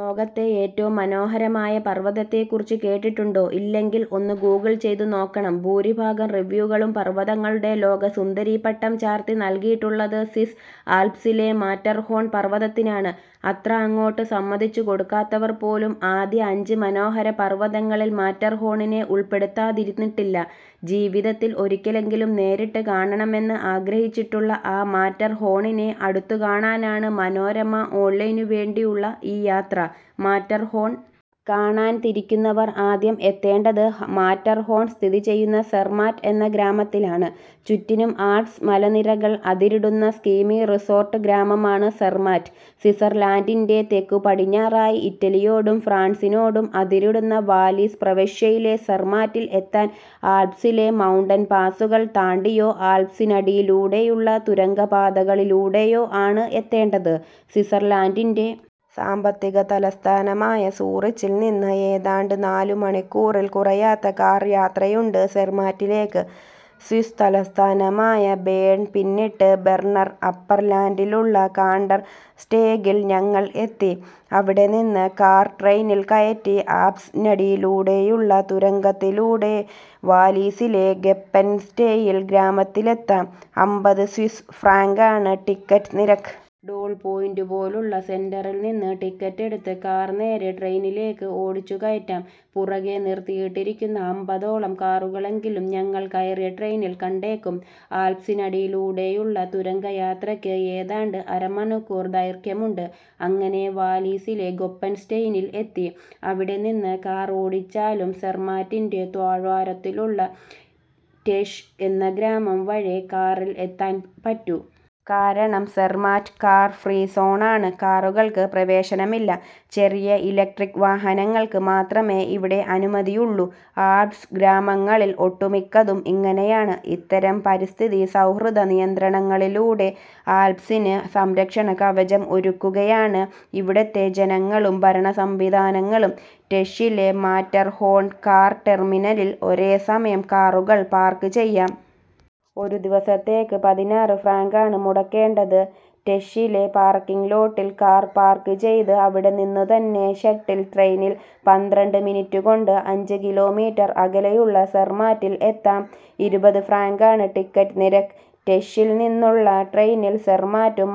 ലോകത്തെ ഏറ്റവും മനോഹരമായ പർവ്വതത്തെക്കുറിച്ച് കേട്ടിട്ടുണ്ടോ. ഇല്ലെങ്കിൽ ഒന്ന് ഗൂഗിൾ ചെയ്തു നോക്കണം. ഭൂരിഭാഗം റിവ്യൂകളിലും പർവ്വതങ്ങളുടെ ലോക സുന്ദരിപ്പട്ടം ചാർത്തി നൽകിയിട്ടുള്ളത് സ്വിസ് ആൽപ്സിലെ മാറ്റർഹോൺ പർവ്വതത്തിനാണ്. അത്ര അങ്ങോട്ട് സമ്മതിച്ചുകൊടുക്കാത്തവർ പോലും ആദ്യ അഞ്ച് മനോഹര പർവ്വതങ്ങളിൽ മാറ്റർഹോണിനെ ഉൾപ്പെടുത്താതിരുന്നിട്ടില്ല. ജീവിതത്തിൽ ഒരിക്കലെങ്കിലും നേരിട്ട് കാണണമെന്ന് ആഗ്രഹിച്ചിട്ടുള്ള ആ മാറ്റർഹോണിനെ അടുത്തുകാണാനാണ് മനോരമ ഓൺലൈനുവേണ്ടിയുള്ള ഈ യാത്ര. മാറ്റർഹോൺ കാണാൻ തിരിക്കുന്നവർ ആദ്യം എത്തേണ്ടത് മാറ്റർഹോൺ സ്ഥിതിചെയ്യുന്ന സെർമാറ്റ് എന്ന ഗ്രാമത്തിലാണ്. ചുറ്റിനും ആൽപ്സ് മലനിരകൾ അതിരിടുന്ന സ്കീ റിസോർട്ട് ഗ്രാമമാണ് സെർമാറ്റ്. സ്വിറ്റ്സർലൻഡിന്റെ തെക്കുപടിഞ്ഞാറായി ഇറ്റലിയോടും ഫ്രാൻസിനോടും അതിരിടുന്ന വാലിസ് പ്രവിശ്യയിലെ സെർമാറ്റിൽ എത്താൻ ആൽപ്സിലെ മൗണ്ടൻ പാസുകൾ താണ്ടിയോ ആൽപ്സിനടിയിലൂടെയുള്ള തുരങ്കപ്പാതകളിലൂടെയോ ആണ് എത്തേണ്ടത്. സ്വിറ്റ്സർലൻഡിന്റെ സാമ്പത്തിക തലസ്ഥാനമായ സൂറിച്ചിൽനിന്ന് ഏതാണ്ട് നാലു മണിക്കൂറിൽ കുറയാത്ത കാർ യാത്രയുണ്ട് സെർമാറ്റിലേക്ക്. സ്വിസ് തലസ്ഥാനമായ ബേൺ പിന്നിട്ട് ബെർണർ അപ്പർലാൻഡിലുള്ള കാണ്ടർ സ്റ്റേഗിൽ ഞങ്ങൾ എത്തി. അവിടെനിന്ന് കാർ ട്രെയിനിൽ കയറ്റി ആൽപ്സിനടിയിലൂടെയുള്ള തുരങ്കത്തിലൂടെ വാലീസിലെ ഗൊപ്പെൻസ്റ്റെയിൻ ഗ്രാമത്തിലെത്താം. അമ്പത് സ്വിസ് ഫ്രാങ്കാണ് ടിക്കറ്റ് നിരക്ക്. ടോൾ പോയിന്റുപോലുള്ള സെന്ററിൽനിന്ന് ടിക്കറ്റെടുത്ത് കാർ നേരെ ട്രെയിനിലേക്ക് ഓടിച്ചുകയറ്റാം. പുറകെ നിർത്തിയിട്ടിരിക്കുന്ന അമ്പതോളം കാറുകളെങ്കിലും ഞങ്ങൾ കയറിയ ട്രെയിനിൽ കണ്ടേക്കും. ആൽപ്സിനടിയിലൂടെയുള്ള തുരങ്കയാത്രയ്ക്ക് ഏതാണ്ട് അര മണിക്കൂർ ദൈർഘ്യമുണ്ട്. അങ്ങനെ വാലീസിലെ ഗൊപ്പെൻസ്റ്റെയിനിൽ എത്തി. അവിടെനിന്ന് കാറോടിച്ചാലും സെർമാറ്റിന്റെ താഴ്വാരത്തുള്ള റ്റെഷ് എന്ന ഗ്രാമം വരെയേ കാറിൽ എത്താൻ പറ്റൂ. കാരണം സെർമാറ്റ് കാർ ഫ്രീ സോണാണ്. കാറുകൾക്ക് പ്രവേശനമില്ല. ചെറിയ ഇലക്ട്രിക് വാഹനങ്ങൾക്ക് മാത്രമേ ഇവിടെ അനുമതിയുള്ളൂ. ആൽപ്സ് ഗ്രാമങ്ങളിൽ ഒട്ടുമിക്കതും ഇങ്ങനെയാണ്. ഇത്തരം പരിസ്ഥിതി സൗഹൃദ നിയന്ത്രണങ്ങളിലൂടെ ആൽപ്സിന് സംരക്ഷണ കവചം ഒരുക്കുകയാണ് ഇവിടുത്തെ ജനങ്ങളും ഭരണസംവിധാനങ്ങളും. റ്റെഷിലെ മാറ്റർഹോൺ കാർ ടെർമിനലിൽ ഒരേസമയം കാറുകൾ പാർക്ക് ചെയ്യാം. ഒരു ദിവസത്തേക്ക് പതിനാറ് ഫ്രാങ്കാണ് മുടക്കേണ്ടത്. റ്റെഷിലെ പാർക്കിംഗ് ലോട്ടിൽ കാർ പാർക്ക് ചെയ്ത് അവിടെനിന്നുതന്നെ ഷട്ടിൽ ട്രെയിനിൽ പന്ത്രണ്ട് മിനിറ്റുകൊണ്ട് അഞ്ച് കിലോമീറ്റർ അകലെയുള്ള സെർമാറ്റിൽ എത്താം. ഇരുപത് ഫ്രാങ്കാണ് ടിക്കറ്റ് നിരക്ക്. റ്റെഷിൽനിന്നുള്ള ട്രെയിനിൽ സെർമാറ്റും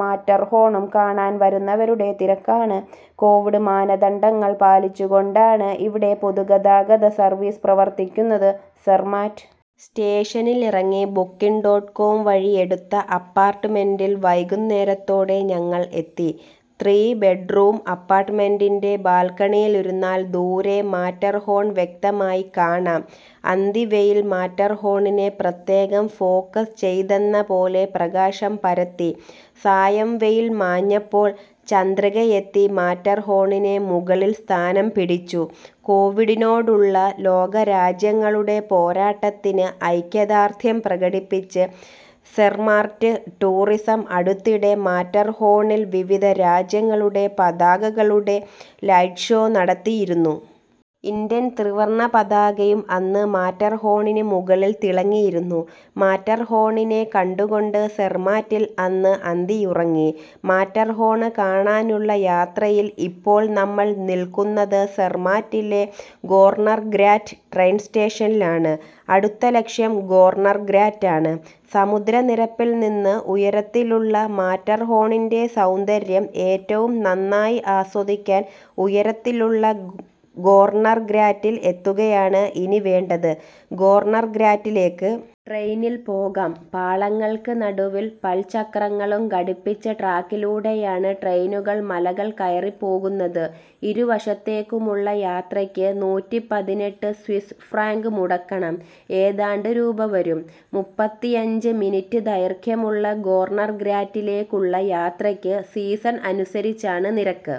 മാറ്റർഹോണും കാണാൻ വന്നവരുടെ തിരക്കാണ്. കോവിഡ് മാനദണ്ഡങ്ങൾ പാലിച്ചുകൊണ്ടാണ് ഇവിടെ പൊതുഗതാഗത സർവീസ് പ്രവർത്തിക്കുന്നത്. സെർമാറ്റ് സ്റ്റേഷനിലിറങ്ങി ബുക്കിങ് ഡോട്ട് കോം വഴി എടുത്ത അപ്പാർട്ട്മെന്റിൽ വൈകുന്നേരത്തോടെ ഞങ്ങൾ എത്തി. ത്രീ ബെഡ്റൂം അപ്പാർട്ട്മെന്റിന്റെ ബാൽക്കണിയിലിരുന്നാൽ ദൂരെ മാറ്റർഹോൺ വ്യക്തമായി കാണാം. അന്തിവെയിൽ മാറ്റർഹോണിനെ പ്രത്യേകം ഫോക്കസ് ചെയ്തെന്നപോലെ പ്രകാശം പരത്തി. സായംവെയിൽ മാഞ്ഞപ്പോൾ ചന്ദ്രികയെത്തി മാറ്റർഹോണിന് മുകളിൽ സ്ഥാനം പിടിച്ചു. കോവിഡിനോടുള്ള ലോകരാജ്യങ്ങളുടെ പോരാട്ടത്തിന് ഐക്യദാർഢ്യം പ്രകടിപ്പിച്ച് സെർമാറ്റ് ടൂറിസം അടുത്തിടെ മാറ്റർഹോണിൽ വിവിധ രാജ്യങ്ങളുടെ പതാകകളുടെ ലൈറ്റ് ഷോ നടത്തിയിരുന്നു. ഇന്ത്യൻ ത്രിവർണ പതാകയും അന്ന് മാറ്റർഹോണിന് മുകളിൽ തിളങ്ങിയിരുന്നു. മാറ്റർഹോണിനെ കണ്ടുകൊണ്ട് സെർമാറ്റിൽ അന്ന് അന്തിയുറങ്ങി. മാറ്റർഹോൺ കാണാനുള്ള യാത്രയിൽ ഇപ്പോൾ നമ്മൾ നിൽക്കുന്നത് സെർമാറ്റിലെ ഗോർണർഗ്രാറ്റ് ട്രെയിൻ സ്റ്റേഷനിലാണ്. അടുത്ത ലക്ഷ്യം ഗോർണർഗ്രാറ്റാണ്. സമുദ്രനിരപ്പിൽനിന്ന് ഉയരത്തിലുള്ള മാറ്റർഹോണിന്റെ സൗന്ദര്യം ഏറ്റവും നന്നായി ആസ്വദിക്കാൻ ഉയരത്തിലുള്ള ഗോർണർഗ്രാറ്റിൽ എത്തുകയാണ് ഇനി വേണ്ടത്. ഗോർണർഗ്രാറ്റിലേക്ക് ട്രെയിനിൽ പോകാം. പാളങ്ങൾക്ക് നടുവിൽ പൽച്ചക്രങ്ങളും ഘടിപ്പിച്ച ട്രാക്കിലൂടെയാണ് ട്രെയിനുകൾ മലകൾ കയറി പോകുന്നത്. ഇരുവശത്തേക്കുമുള്ള യാത്രയ്ക്ക് നൂറ്റിപ്പതിനെട്ട് സ്വിസ് ഫ്രാങ്ക് മുടക്കണം. ഏതാണ്ട് രൂപ വരും. മുപ്പത്തിയഞ്ച് മിനിറ്റ് ദൈർഘ്യമുള്ള ഗോർണർഗ്രാറ്റിലേക്കുള്ള യാത്രയ്ക്ക് സീസൺ അനുസരിച്ചാണ് നിരക്ക്.